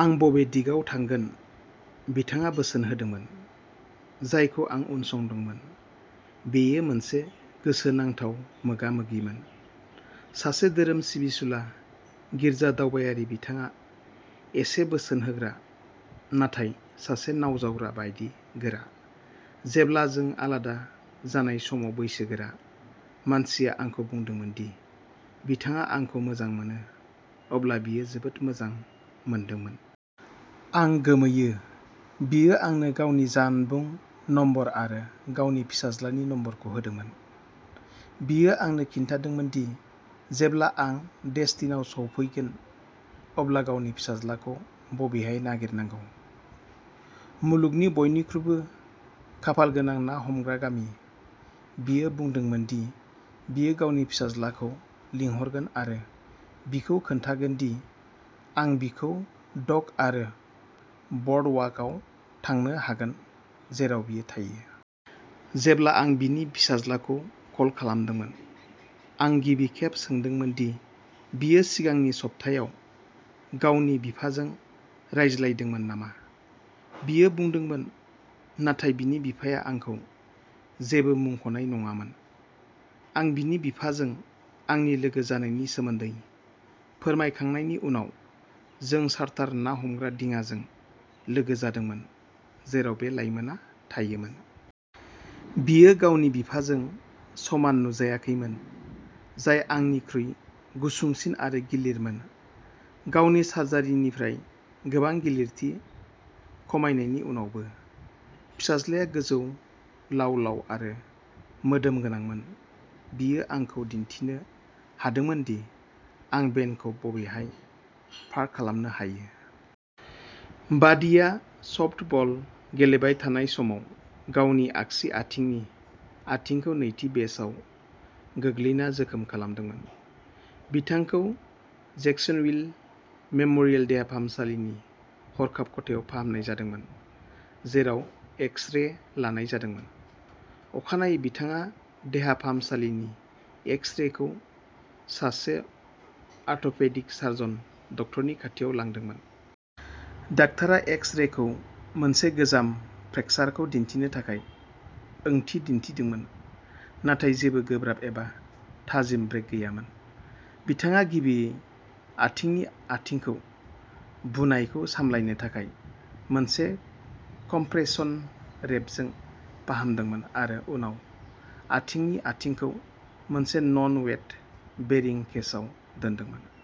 आं बबे दिगाव थांगोन? बिथाङा बोसोन होदोंमोन, जायखौ आं उनसंदोंमोन। बेयो मोनसे गोसोनांथाव मोगा-मोगिमोन। सासे धोरोम सिबिसुला गिर्जा-दावबायारि, बिथाङा एसे'बोसोन होग्रा'नाथाय सासे नावजावग्रा बायदि गोरा। जेब्ला जों आलादा जानाय समाव बैसोगोरा मानसिया आंखौ बुंदोंमोन दि बिथाङा आंखौ मोजां मोनो, अब्ला बियो जोबोद मोजां मोनदोंमोन। आं गोमोयो। बियो आंनो गावनि जानबुं नम्बर आरो गावनि फिसाज्लानि नम्बरखौ होदोंमोन। बियो आंनो खिन्थादोंमोन दि जेब्ला आं डेस्टिनआव सौफैगोन अब्ला गावनि फिसाज्लाखौ बबेहाय नागिरनांगौ, "मुलुगनि बयनिख्रुइबो खाफालगोनां ना हमग्रा गामि! "। बियो बुंदोंमोन दि बियो गावनि फिसाज्लाखौ लिंहरगोन आरो बिखौ खिन्थागोन दि आं बिखौ डक आरो बर्डवाकआव थांनो हागोन जेराव बियो थायो। जेब्ला आं बिनि फिसाज्लाखौ कल खालामदोंमोन, आं गिबि खेब सोंदोंमोन दि बियो सिगांनि सप्तायाव गावनि बिफाजों रायज्लायदोंमोन नामा। बियो बुंदोंमोन, नाथाय बिनि बिफाया आंखौ जेबो मुंख'नाय नङामोन। आं बिनि बिफाजों आंनि लोगो जानायनि सोमोन्दै फोरमायखांनायनि उनाव जों चार्टार ना हमग्रा दिङाजों लोगो जादोंमोन, जेराव बे लाइमोनआ थायोमोन। बियो गावनि बिफाजों समान नुजायाखैमोन, जाय आंनिख्रुइ गुसुंसिन आरो गिलिरमोन, गावनि सार्जारिनिफ्राय गोबां गिलिरथि खमायनायनि उनावबो। फिसाज्लाया गोजौ, लाव-लाव आरो मोदोम गोनांमोन। बियो आंखौ दिन्थिनो हादोंमोन दि आं भेनखौ बबेहाय पार्क खालामनो हायो। बादीआ सफ्टबल गेलेबाय थानाय समाव गावनि आगसि आथिंनि आथिंखौ नैथि बेसआव गोग्लैना जोखोम खालामदोंमोन। बिथांखौ जैक्सनविल मेम'रियेल देहा फाहामसालिनि हरखाब खथायाव फाहामनाय जादोंमोन, जेराव एक्स-रे लानाय जादोंमोन। अखानायै बिथाङा देहा फाहामसालिनि एक्स-रेखौ सासे आथ'पेडिक सार्जन डाक्टरनि खाथियाव लांदोंमोन। डाक्टारा एक्स-रेखौ मोनसे गोजाम फ्रेकसारखौ दिन्थिनो थाखाय ओंथि दिन्थिदोंमोन, नाथाय जेबो गोब्राब एबा थाजिम ब्रेक गैयामोन। बिथाङा गिबियै आथिंनि आथिंखौ बुनायखौ सामलायनो थाखाय मोनसे कम्प्रेशन रैपजों फाहामदोंमोन आरो उनाव आथिंनि आथिंखौ मोनसे नन-वेट बेरिं केसआव दोनदोंमोन।